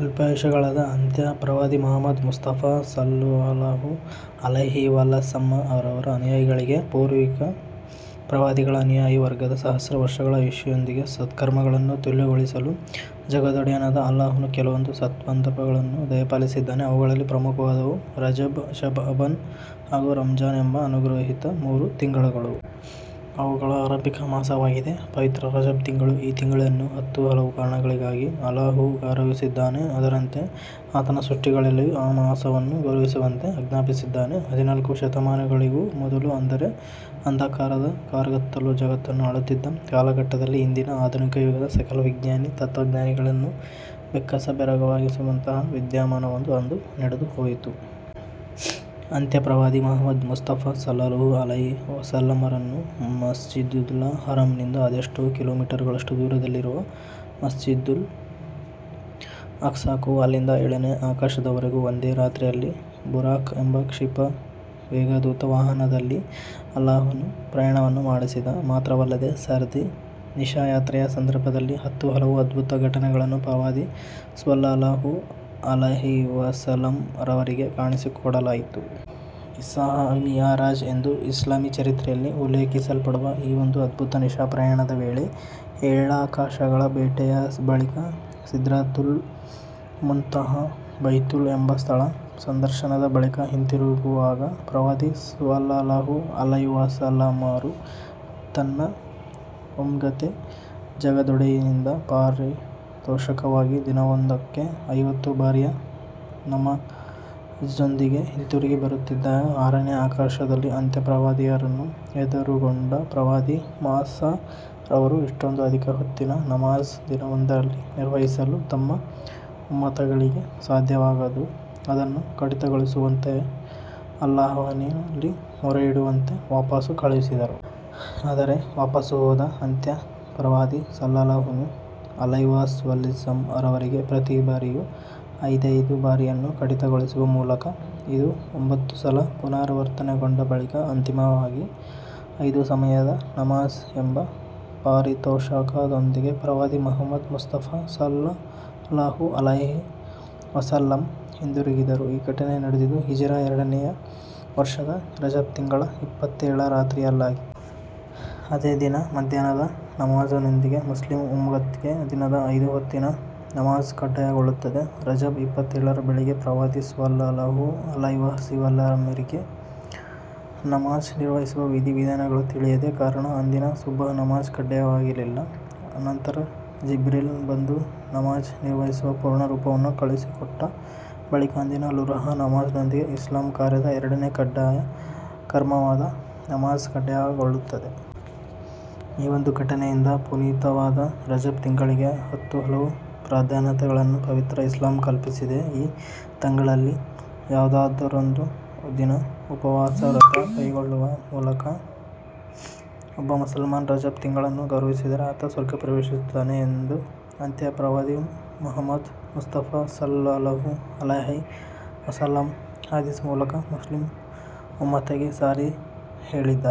ಅಲ್ಪಾಯುಷಿಗಳಾದ ಅಂತ್ಯ ಪ್ರವಾದಿ ಮುಹಮ್ಮದ್ ಮುಸ್ತಫಾ ಸ್ವಲ್ಲಲ್ಲಾಹು ಅಲೈಹಿವಸಲ್ಲಮ್ ರವರ ಅನುಯಾಯಿಗಳಿಗೆ ಪೂರ್ವಿಕ ಪ್ರವಾದಿಗಳ ಅನುಯಾಯಿ ವರ್ಗದ ಸಹಸ್ರ ವರ್ಷಗಳ ಆಯುಷ್ಯದೊಂದಿಗೆ ಸತ್ಕರ್ಮಗಳನ್ನು ತುಲ್ಯಗೊಳಿಸಲು ಜಗದೊಡೆಯನಾದ ಅಲ್ಲಾಹನು ಕೆಲವೊಂದು ಸತ್ಸಂದರ್ಭಗಳನ್ನು ದಯಪಾಲಿಸಿದ್ದಾನೆ. ಅವುಗಳಲ್ಲಿ ಪ್ರಮುಖವಾದವುಗಳು ರಜಬ್, ಶಅಬಾನ್ ಹಾಗೂ ರಂಝಾನ್ ಎಂಬ ಅನುಗ್ರಹೀತ ಮೂರು ತಿಂಗಳುಗಳು. ಅವುಗಳ ಆರಂಭಿಕ ಮಾಸವಾಗಿದೆ ಪವಿತ್ರ ರಜಬ್ ತಿಂಗಳು. ಈ ತಿಂಗಳನ್ನು ಹತ್ತು ಹಲವು ಕಾರಣಗಳಿಗಾಗಿ ಅಲ್ಲಾಹು ಗೌರವಿಸಿದ್ದಾನೆ. ಅದರಂತೆ ಆತನ ಸೃಷ್ಟಿಗಳಲ್ಲಿಯೂ ಆ ಮಾಸವನ್ನು ಗೌರವಿಸುವಂತೆ ಆಜ್ಞಾಪಿಸಿದ್ದಾನೆ. ಹದಿನಾಲ್ಕು ಶತಮಾನಗಳಿಗೂ ಮೊದಲು ಅಂದರೆ ಅಂಧಕಾರದ ಕಾರ್ಗತ್ತಲು ಜಗತ್ತನ್ನು ಆಳುತ್ತಿದ್ದ ಕಾಲಘಟ್ಟದಲ್ಲಿ ಇಂದಿನ ಆಧುನಿಕ ಯುಗದ ಸಕಲ ವಿಜ್ಞಾನಿ, ತತ್ವಜ್ಞಾನಿಗಳನ್ನೂ ಬೆಕ್ಕಸ ಬೆರಗಾಗಿಸುವಂತಹ ವಿದ್ಯಾಮಾನವೊಂದು ಅಂದು ನಡೆದುಹೋಯಿತು. ಅಂತ್ಯ ಪ್ರವಾದಿ ಮುಹಮ್ಮದ್ ಮುಸ್ತಫಾ ಸ್ವಲ್ಲಲ್ಲಾಹು ಅಲೈಹಿ ವಸಲ್ಲಮರನ್ನು ಮಸ್ಜಿದುಲ್ ಹರಾಂನಿಂದ ಅದೆಷ್ಟೋ ಕಿಲೋಮೀಟರ್ ಗಳಷ್ಟು ದೂರದಲ್ಲಿರುವ ಮಸ್ಜಿದುಲ್ ಅಖ್ಸಾಕ್ಕೂ, ಅಲ್ಲಿಂದ ಏಳನೇ ಆಕಾಶದವರೆಗೂ ಒಂದೇ ರಾತ್ರಿಯಲ್ಲಿ ಬುರಾಖ್ ಎಂಬ ಕ್ಷಿಪ್ರ ವೇಗದೂತ ವಾಹನದಲ್ಲಿ ಅಲ್ಲಾಹನು ಪ್ರಯಾಣವನ್ನು ಮಾಡಿಸಿದ, ಮಾತ್ರವಲ್ಲದೆ ಸದ್ರಿ ನಿಶಾ ಯಾತ್ರೆಯ ಸಂದರ್ಭದಲ್ಲಿ ಹತ್ತು ಹಲವು ಅದ್ಭುತ ಘಟನೆಗಳನ್ನು ಪ್ರವಾದಿ ಸ್ವಲ್ಲಲ್ಲಾಹು ಅಲೈಹಿವಸಲ್ಲಮ್ ರವರಿಗೆ ಕಾಣಿಸಿಕೊಡಲಾಯಿತು. ಇಸ್ರಾಅ್- ಮಿಅ್ ರಾಜ್ ಎಂದು ಇಸ್ಲಾಮೀ ಚರಿತ್ರೆಯಲ್ಲಿ ಉಲ್ಲೇಖಿಸಲ್ಪಡುವ ಈ ಒಂದು ಅದ್ಭುತ ನಿಶಾ ಪ್ರಯಾಣದ ವೇಳೆ ಏಳಾಕಾಶಗಳ ಭೇಟಿಯ ಬಳಿಕ ಸಿದ್ರತುಲ್ ಮುಂತಹಾ, ಬೈತುಲ್ ಎಂಬ ಸ್ಥಳ ಸಂದರ್ಶನದ ಬಳಿಕ ಹಿಂತಿರುಗುವಾಗ ಪ್ರವಾದಿ ಸ್ವಲ್ಲಲ್ಲಾಹು ಅಲೈಹಿವಸಲ್ಲಮ್ರು ತನ್ನ ಉಮ್ಮತ್ಗೆ ಜಗದೊಡೆಯನಿಂದ ಪಾರಿತೋಷಕವಾಗಿ ದಿನವೊಂದಕ್ಕೆ ಐವತ್ತು ಬಾರಿಯ ನಮಾಝ್ನೊಂದಿಗೆ ಹಿಂತಿರುಗಿ ಬರುತ್ತಿದ್ದಾಗ ಆರನೇ ಆಕಾಶದಲ್ಲಿ ಅಂತ್ಯ ಪ್ರವಾದಿಯವರನ್ನು ಎದುರುಗೊಂಡ ಪ್ರವಾದಿ ಮೂಸಾ ರವರು ಇಷ್ಟೊಂದು ಅಧಿಕ ಹೊತ್ತಿನ ನಮಾಝ್ ದಿನವೊಂದರಲ್ಲಿ ನಿರ್ವಹಿಸಲು ತಮ್ಮ ಉಮ್ಮತ್ಗಳಿಗೆ ಸಾಧ್ಯವಾಗದು ಅದನ್ನು ಕಡಿತಗೊಳಿಸುವಂತೆ ಅಲ್ಲಾಹನಲ್ಲಿ ಮೊರೆಯಿಡುವಂತೆ ವಾಪಾಸು ಕಳುಹಿಸಿದರು. ಆದರೆ ವಾಪಾಸು ಹೋದ ಅಂತ್ಯ ಪ್ರವಾದಿ ಸ್ವಲ್ಲಲ್ಲಾಹು ಅಲೈಹಿವಸಲ್ಲಮ್ ರವರಿಗೆ ಪ್ರತೀ ಬಾರಿಯೂ ಐದೈದು ಬಾರಿಯನ್ನು ಕಡಿತಗೊಳಿಸುವ ಮೂಲಕ ಇದು ಒಂಭತ್ತು ಸಲ ಪುನರಾವರ್ತನೆಗೊಂಡ ಬಳಿಕ ಅಂತಿಮವಾಗಿ ಐದು ಸಮಯದ ನಮಾಝ್ ಎಂಬ ಪಾರಿತೋಷಕದೊಂದಿಗೆ ಪ್ರವಾದಿ ಮುಹಮ್ಮದ್ ಮುಸ್ತಫಾ ಸ್ವಲ್ಲಲ್ಲಾಹು ಅಲೈಹಿ ವಸಲ್ಲಮ್ ಹಿಂದುರುಗಿದರು. ಈ ಘಟನೆ ನಡೆದದ್ದು ಹಿಜಿರಾ ಎರಡನೇ ವರ್ಷದ ರಜಬ್ ತಿಂಗಳ ಇಪ್ಪತ್ತೇಳರ ರಾತ್ರಿಯಲ್ಲಾಗಿತ್ತು. ಅದೇ ದಿನ ಮಧ್ಯಾಹ್ನದ ನಮಾಝ್ನೊಂದಿಗೆ ಮುಸ್ಲಿಂ ಉಮ್ಮತ್ಗೆ ದಿನದ ಐದು ಹೊತ್ತಿನ ನಮಾಝ್ ಕಡ್ಡಾಯಗೊಳ್ಳುತ್ತದೆ. ರಜಬ್ ಇಪ್ಪತ್ತೇಳರ ಬೆಳಿಗ್ಗೆ ಪ್ರವಾದಿ ಸ್ವಲ್ಲಲ್ಲಾಹು ಅಲೈಹಿವಸಲ್ಲಮ್ರಿಗೆ ನಮಾಝ್ ನಿರ್ವಹಿಸುವ ವಿಧಿ ವಿಧಾನಗಳು ತಿಳಿಯದ ಕಾರಣ ಅಂದಿನ ಸುಬ್ಹ್ ನಮಾಝ್ ಕಡ್ಡಾಯವಾಗಲಿಲ್ಲ. ನಂತರ ಜಿಬ್ರೀಲ್ ಬಂದು ನಮಾಝ್ ನಿರ್ವಹಿಸುವ ಪೂರ್ಣ ರೂಪವನ್ನು ಕಲಿಸಿಕೊಟ್ಟ ಬಳಿಕ ಅಂದಿನ ಲುಹ್ರ್ ನಮಾಝ್ನೊಂದಿಗೆ ಇಸ್ಲಾಮ್ ಕಾರ್ಯದ ಎರನೇ ಕಡ್ಡಾಯ ಕರ್ಮವಾದ ನಮಾಝ್ ಕಡ್ಡಾಯಗೊಳ್ಳುತ್ತದೆ. ಈ ಒಂದು ಘಟನೆಯಿಂದ ಪುನೀತವಾದ ರಜಬ್ ತಿಂಗಳಿಗೆ ಹತ್ತು ಹಲವು ಪ್ರಾಧಾನ್ಯತೆಗಳನ್ನು ಪವಿತ್ರ ಇಸ್ಲಾಂ ಕಲ್ಪಿಸಿದೆ. ಈ ತಿಂಗಳಲ್ಲಿ ಯಾವುದಾದರೊಂದು ದಿನ ಉಪವಾಸ ವ್ರತ ಕೈಗೊಳ್ಳುವ ಮೂಲಕ ಒಬ್ಬ ಮುಸಲ್ಮಾನ ರಜಬ್ ತಿಂಗಳನ್ನು ಗೌರವಿಸಿದರೆ ಆತ ಸ್ವರ್ಗ ಪ್ರವೇಶಿಸುತ್ತಾನೆ ಎಂದು ಅಂತ್ಯ ಪ್ರವಾದಿ ಮುಹಮ್ಮದ್ ಮುಸ್ತಫಾ ಸ್ವಲ್ಲಲ್ಲಾಹು ಅಲೈಹಿ ವಸಲ್ಲಂ ಹದೀಸ್ ಮೂಲಕ ಮುಸ್ಲಿಂ ಉಮ್ಮತ್ಗೆ ಸಾರಿ ಹೇಳಿದ್ದಾರೆ.